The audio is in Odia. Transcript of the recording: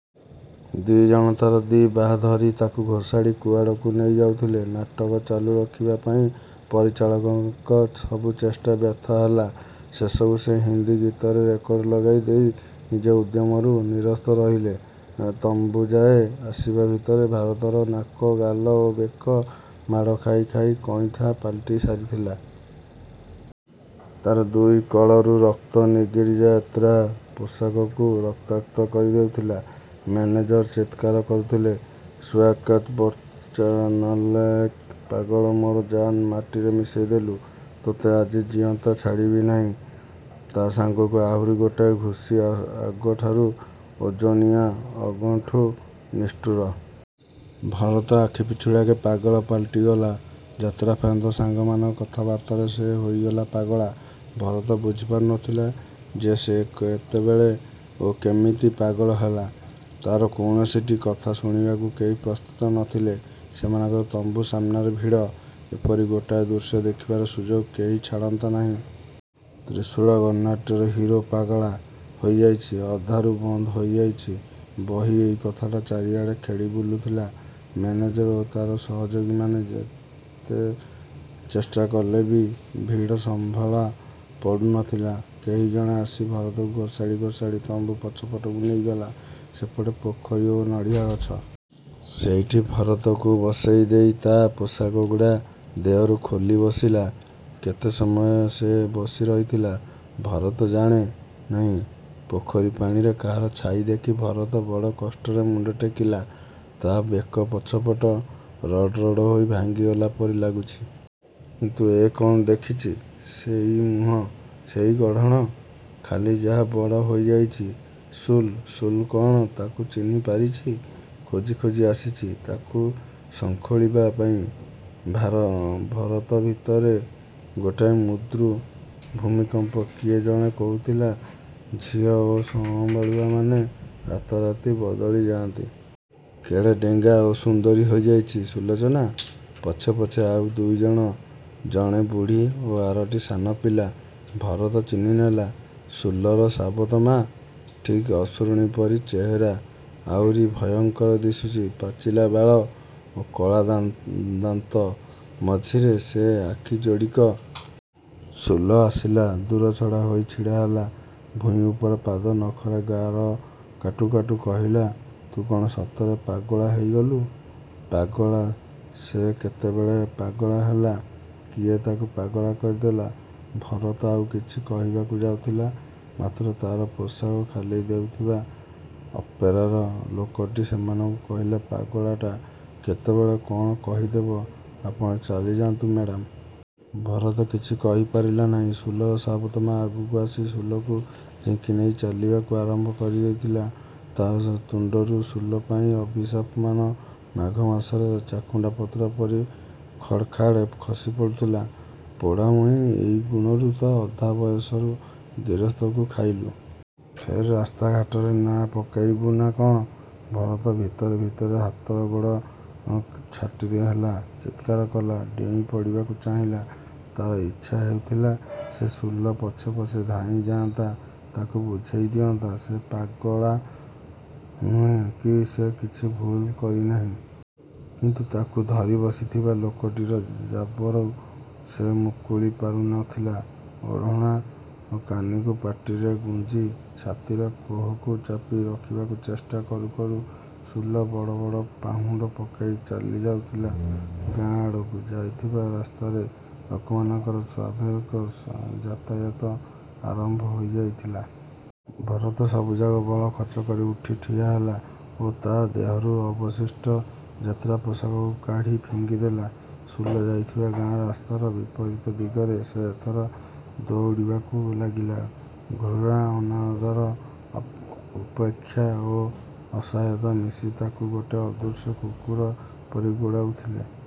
ଦି ଜଣ ତାର ଦି ବାହା ଧରି ତାକୁ ଘୋଷାଡ଼ି କୁଆଡ଼କୁ ନେଇଯାଉଥିଲେ। ନାଟକ ଚାଲୁ ରଖିବା ପାଇଁ ପରିଚାଳକଙ୍କର ସବୁ ଚେଷ୍ଟା ବ୍ୟର୍ଥ ହେଲା। ଶେଷକୁ ସେ ହିନ୍ଦୀ ଗୀତର ରେକର୍ଡ ଲଗେଇ ଦେଇ ନିଜ ଉଦ୍ୟମରୁ ନିରସ୍ତ ରହିଲେ। ତମ୍ବୁଯାଏ ଆସିବା ଭିତରେ ଭରତର ନାକ, ଗାଲ ଓ ବେକ ମାଡ଼ ଖାଇ ଖାଇ କଇଁଥା ପାଲଟି ସାରିଥିଲା। ତାର ଦୁଇ କଳରୁ ରକ୍ତ ନିଗିଡ଼ି ଯାତ୍ରା ପୋଷାକକୁ ରକ୍ତାକ୍ତ କରିଦେଇଥିଲା। ମ୍ୟାନେଜର ଚିତ୍କାର କରୁଥିଲା, "ସୁଅର୍କାତ ବର୍ଚ୍ଚା, ନାଲାଏକ୍। ପାଗଳ। ମୋର ଜାନ୍ ମାଟିରେ ମିଶେଇଦେଲୁ, ତୋତେ ଆଜି ଜିଅନ୍ତା ଛାଡ଼ିବି ନାହିଁ " ତା ସାଙ୍ଗକୁ ଆହୁରି ଗୋଟାଏ ଘୁଷିଆ, ଆଗଠାରୁ ଓଜନିଆ, ଆଗଠୁଁ ନିଷ୍ଠୁର। ଭରତ ଆଖିପିଛୁଳାକେ ପାଗଳ ପାଲଟିଗଲା। ଯାତ୍ରାଫେରନ୍ତା ସାଙ୍ଗମାନଙ୍କ କଥାବାର୍ତ୍ତାରେ ସେ ହୋଇଗଲା ପାଗଳା। ଭରତ ବୁଝିପାରୁନଥିଲା ଯେ ସେ କେତେବେଳେ ଓ କେମିତି ପାଗଳ ହେଲା? ତାର କୌଣସିଟି କଥା ଶୁଣିବାକୁ କେହି ପ୍ରସ୍ତୁତ ନ ଥିଲେ। ସେମାନଙ୍କ ତମ୍ବୁ ସାମ୍ନାରେ ଭିଡ଼। ଏପରି ଗୋଟାଏ ଦୃଶ୍ୟ ଦେଖିବାର ସୁଯୋଗ କେହି ଛାଡ଼ନ୍ତା ନାହିଁ। 'ତ୍ରିଶୂଳ ଗଣନାଟ୍ୟ'ର ହିରୋ ପାଗଳା ହୋଇଯାଇଛି, ଅଧାରୁ ବନ୍ଦ ହୋଇଯାଇଛି ବହି, ଏହି କଥାଟା ଚାରିଆଡ଼େ ଖେଳିବୁଲୁଥିଲା। ମ୍ୟାନେଜର ଓ ତାଙ୍କ ସହଯୋଗୀମାନେ ଯେତେ ଚେଷ୍ଟା କଲେ ବି ଭିଡ଼ ସମ୍ଭଳା ପଡ଼ୁ ନଥିଲା। କେହିଜଣେ ଆସି ଭରତକୁ ଘୋଷାଡ଼ି ଘୋଷାଡ଼ି ତମ୍ବୁ ପଛପଟକୁ ନେଇଗଲା। ସେପଟେ ପୋଖରୀ ଓ ନଡ଼ିଆଗଛ। ସେଇଠି ଭରତକୁ ବସେଇ ଦେଇ ତା ପୋଷାକଗୁଡ଼ା ଦେହରୁ ଖୋଲି ବସିଲା। କେତେ ସମୟ ସେ ବସିରହିଥିଲା ଭରତ ଜାଣେ ନାହିଁ। ପୋଖରୀ ପାଣିରେ କାହାର ଛାଇ ଦେଖି ଭରତ ବଡ଼ କଷ୍ଟରେ ମୁଣ୍ଡ ଟେକିଲା। ତା ବେକପଛ ପଟ ରଡ଼ରଡ଼ ହୋଇ ଭାଙ୍ଗିଗଲା ପରି ଲାଗୁଛି। କିନ୍ତୁ ଏ କଣ ଦେଖୀଛି! ସେଇ ମୁହଁ, ସେଇ ଗଢ଼ଣ। ଖାଲି ଯାହା ବଡ଼ ହୋଇଯାଇଛି ସୁଲ। ସୁଲ କଣ ତାକୁ ଚିହ୍ନିପାରିଛି! ଖୋଜି ଖୋଜି ଆସିଛି ତାକୁ ଶଙ୍ଖୋଳିବା ପାଇଁ! ଭାର ଭରତ ଭିତରେ ଗୋଟାଏ ମୁଦୃ ଭୂମିକମ୍ପ। କିଏ ଜଣେ କହୁଥିଲା ଝିଅ ଓ ସଁବାଳୁଆମାନେ ରାତାରାତି ବଦଳି ଯାଆନ୍ତି। କେଡ଼େ ଡେଙ୍ଗା ଓ ସୁନ୍ଦରୀ ହୋଇଯାଇଛି ସୁଲୋଚନା? ପଛେ ପଛେ ଆଉ ଦୁଇଜଣ। ଜଣେ ବୁଢ଼ୀ ଓ ଆରଟି ସାନ ପିଲା। ଭରତ ଚିହ୍ନିନେଲା, ସୁଲର ସାବତ ମା। ଠିକ୍ ଅସୁରୁଣୀ ପରି ଚେହେରା, ଆହୁରି ଭୟଙ୍କର ଦିଶୁଛି ପାଚିଲା ବାଳ ଓ କଳାଦାନନ୍ତ ମଝିର ସେ ଆଖିଯୋଡ଼ିକ। ସୁଲ ଆସିଲା। ଦୂରଛଡ଼ା ହୋଇ ଛିଡ଼ାହେଲା। ଭୂଇଁ ଉପରେ ପାଦ ନଖରେ ଗାର କାଟୁ କାଟୁ କହିଲା, "ତୁ କଣ ସତରେ ପାଗଳା ହୋଇଗଲୁ?" "ପା ଗ ଳା!" ସେ କେତେବେଳେ ପାଗଳା ହେଲା? କିଏ ତାକୁ ପାଗଳ କରିଦେଲା? ଭରତ ଆଉ କିଛି କହିବାକୁ ଯାଉଥିଲା, ମାତ୍ର ତାର ପୋଷାକ ଖାଲି ଦେଉଥିବା ଅପେରାର ଲୋକଟି ସେମାନଙ୍କୁ କହିଲା, "ପାଗଳଟା, କେତେବେଳେ କଣ କହିଦେବ, ଆପଣ ଚାଲିଯାଆନ୍ତୁ ମ୍ୟାଡାମ୍।" ଭରତ କିଛି କହିପାରିଲା ନାହିଁ। ସୁଲର ସାବତ ମା ଆଗକୁ ଆସି ସୁଲକୁ ଝିଙ୍କିନେଇ ଚାଲିବାକୁ ଆରମ୍ଭ କରିଦେଇଥିଲା। ତା ତୁଣ୍ଡରୁ ସୁଲ ପାଇଁ ଅଭିଶାପମାନ ମାଘମାସରେ ଚାକୁଣ୍ଡା ପତ୍ର ପରି ଖଡ୍‌ଖାଡ୍ ଖସିପଡ଼ୁଥିଲା। "ପୋଡ଼ାମୁହୀଁ, ଏଇ ଗୁଣରୁ ତ ଅଧା ବଅସରୁ ଗିରସ୍ତକୁ ଖାଇଲୁ। ଫେର୍ ରାସ୍ତାଘାଟରେ ନାଁ ପକେଇବୁ ନା କ'ଣ?" ଭରତ ଭିତରେ ଭିତରେ ହାତଗୋଡ଼ ଗ ଛାଟିଦିଆ ହେଲା, ଚିତ୍କାର କଲା। ଡେଇଁ ପଡ଼ିବାକୁ ଚାହିଁଲା। ତା ଇଚ୍ଛା ହେଉଥିଲା ସେ ସୁଲ ପଛେ ପଛେ ଧାଇଁ ଯାଆନ୍ତା, ତାକୁ ବୁଝେଇ ଦିଅନ୍ତା। ସେ ପାଗଳା ନୁହେଁ କି ସେ କିଛି ଭୁଲ୍ କରିନାହିଁ। କିନ୍ତୁ ତାକୁ ଧରିବସିଥିବା ଲୋକଟିର ଜାବରୁ ସେ ମୁକୁଳି ପାରୁ ନଥିଲା। ଓଢ଼ଣା ଓ କାନିକୁ ପାଟିରେ ଗୁଞ୍ଜି, ଛାତିର କୋହକୁ ଚାପି ରଖିବାକୁ ଚେଷ୍ଟା କରୁ କରୁ ସୁଲ ବଡ଼ ବଡ଼ ପାହୁଣ୍ଡ ପକେଇ ଚାଲିଯାଉଥିଲା। ଗାଁ ଆଡ଼କୁ ଯାଇଥିବା ରାସ୍ତାରେ ଲୋକମାନଙ୍କର ସ୍ୱାଭାବିକ ସ ଯାତାୟାତ ଆରମ୍ଭ ହୋଇ ଯାଇଥିଲା। ଭରତ ସବୁଯାକ ବଳ ଖର୍ଚ୍ଚ କରି ଉଠି ଠିଆହେଲା ଓ ତା ଦେହରୁ ଅବଶିଷ୍ଟ ଯାତ୍ରାପୋଷାକତକ କାଢ଼ି ଫିଙ୍ଗିଦେଲା। ସୁଲ ଯାଇଥିବା ଗାଁ ରାସ୍ତାର ବିପରୀତ ଦିଗରେ ସେ ଏଥର ଦଉଡ଼ିବାକୁ ଲାଗିଲା। ଘୃଣା, ଅନାଦର, ଉପେକ୍ଷା ଓ ଅସହାୟତା ମିଶି ତାକୁ ଗୋଟେ ଅଦୃଶ୍ୟ କୁକୁର ପରି ଗୋଡ଼ଉଥିଲେ।